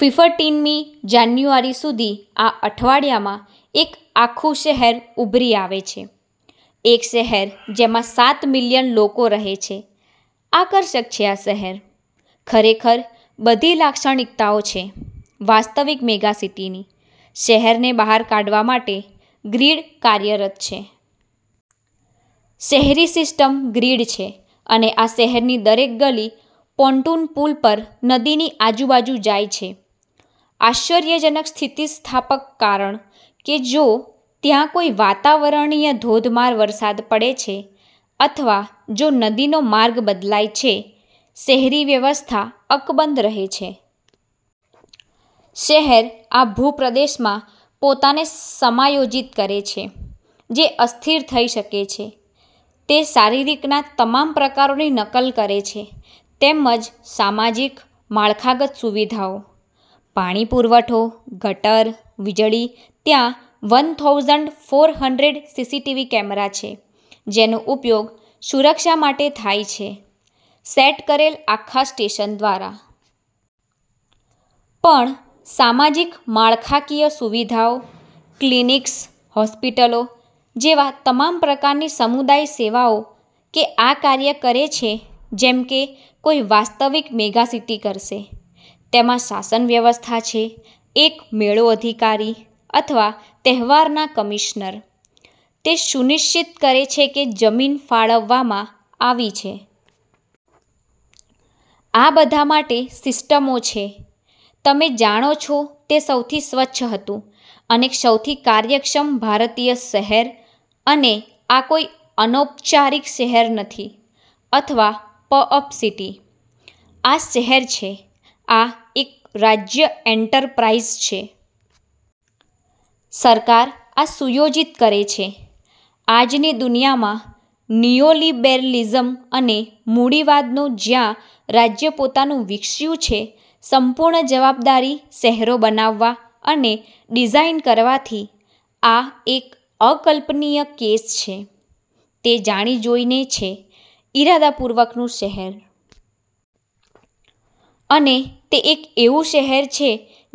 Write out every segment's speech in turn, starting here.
ફિફટિનમી જાન્યુઆરી સુધી આ અઠવાડિયામાં એક આખું શહેર ઉભરી આવે છે. એક શહેર જેમાં સાત મિલિયન લોકો રહે છે. આકર્ષક છે આ શહેર. ખરેખર બધી લાક્ષણિકતાઓ છે વાસ્તવિક મેગાસિટીની. શહેરને બહાર કાઢવા માટે ગ્રીડ કાર્યરત છે. શહેરી સિસ્ટમ ગ્રીડ છે અને આ શહેરની દરેક ગલી પોન્ટૂન પુલ પર નદીની આજુબાજુ જાય છે. આશ્ચર્યજનક સ્થિતિસ્થાપક કારણ કે જો ત્યાં કોઈ વાતાવરણીય ધોધમાર વરસાદ પડે છે અથવા જો નદીનો માર્ગ બદલાય છે, શહેરી વ્યવસ્થા અકબંધ રહે છે. શહેર આ ભૂપ્રદેશમાં પોતાને સમાયોજિત કરે છે જે અસ્થિર થઈ શકે છે. તે શારીરિકના તમામ પ્રકારોની નકલ કરે છે તેમજ સામાજિક, માળખાગત સુવિધાઓ. પાણી પુરવઠો, ગટર, વીજળી, ત્યાં one thousand four hundred CCTV camera છે જેનો ઉપયોગ સુરક્ષા માટે થાય છે સેટ કરેલ આખા સ્ટેશન દ્વારા. પણ સામાજિક માળખાકીય સુવિધાઓ, ક્લિનિક્સ, હોસ્પિટલો જેવા તમામ પ્રકારની સમુદાય સેવાઓ કે આ કાર્ય કરે છે જેમ કે કોઈ વાસ્તવિક મેગાસિટી કરશે. તેમાં શાસન વ્યવસ્થા છે, એક મેળો અધિકારી, અથવા તહેવારના કમિશનર. તે સુનિશ્ચિત કરે છે કે જમીન ફાળવવામાં આવી છે. આ બધા માટે સિસ્ટમો છે. તમે જાણો છો તે સૌથી સ્વચ્છ હતું અને સૌથી કાર્યક્ષમ ભારતીય શહેર અને આ કોઈ અનૌપચારિક શહેર નથી અથવા પ-અપ સિટી. આ શહેર છે. આ એક રાજ્ય એન્ટરપ્રાઇઝ છે. સરકાર આ સુયોજિત કરે છે. આજની દુનિયામાં નિયોલિબેરલિઝમ અને મૂડીવાદનો જ્યાં રાજ્ય પોતાનું વિકસ્યું છે સંપૂર્ણ જવાબદારી શહેરો બનાવવા અને ડિઝાઇન કરવાથી, આ એક અકલ્પનીય કેસ છે. તે જાણી જોઈને છે ઇરાદાપૂર્વકનું શહેર. અને તે એક એવું શહેર છે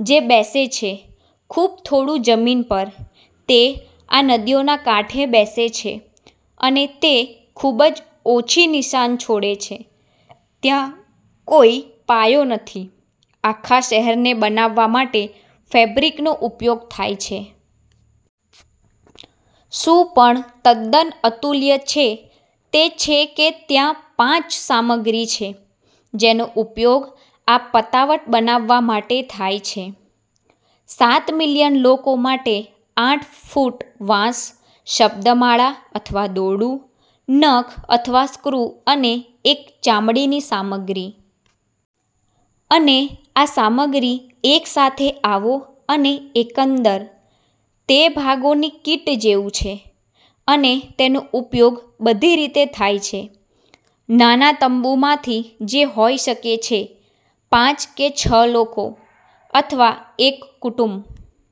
જે બેસે છે ખૂબ થોડું જમીન પર. તે આ નદીઓના કાંઠે બેસે છે અને તે ખૂબ જ ઓછી નિશાન છોડે છે. ત્યાં કોઈ પાયો નથી. આખા શહેરને બનાવવા માટે ફેબ્રિકનો ઉપયોગ થાય છે. શું પણ તદ્દન અતુલ્ય છે તે છે કે ત્યાં પાંચ સામગ્રી છે જેનો ઉપયોગ આ પતાવટ બનાવવા માટે થાય છે સાત મિલિયન લોકો માટે આઠ ફૂટ વાંસ, શબ્દમાળા અથવા દોરડું, નખ અથવા સ્ક્રૂ અને એક ચામડીની સામગ્રી. અને આ સામગ્રી એક સાથે આવો અને એકંદર. તે ભાગોની કીટ જેવું છે. અને તેનો ઉપયોગ બધી રીતે થાય છે નાના તંબુમાંથી જે હોઈ શકે છે પાંચ કે છ લોકો, અથવા એક કુટુંબ.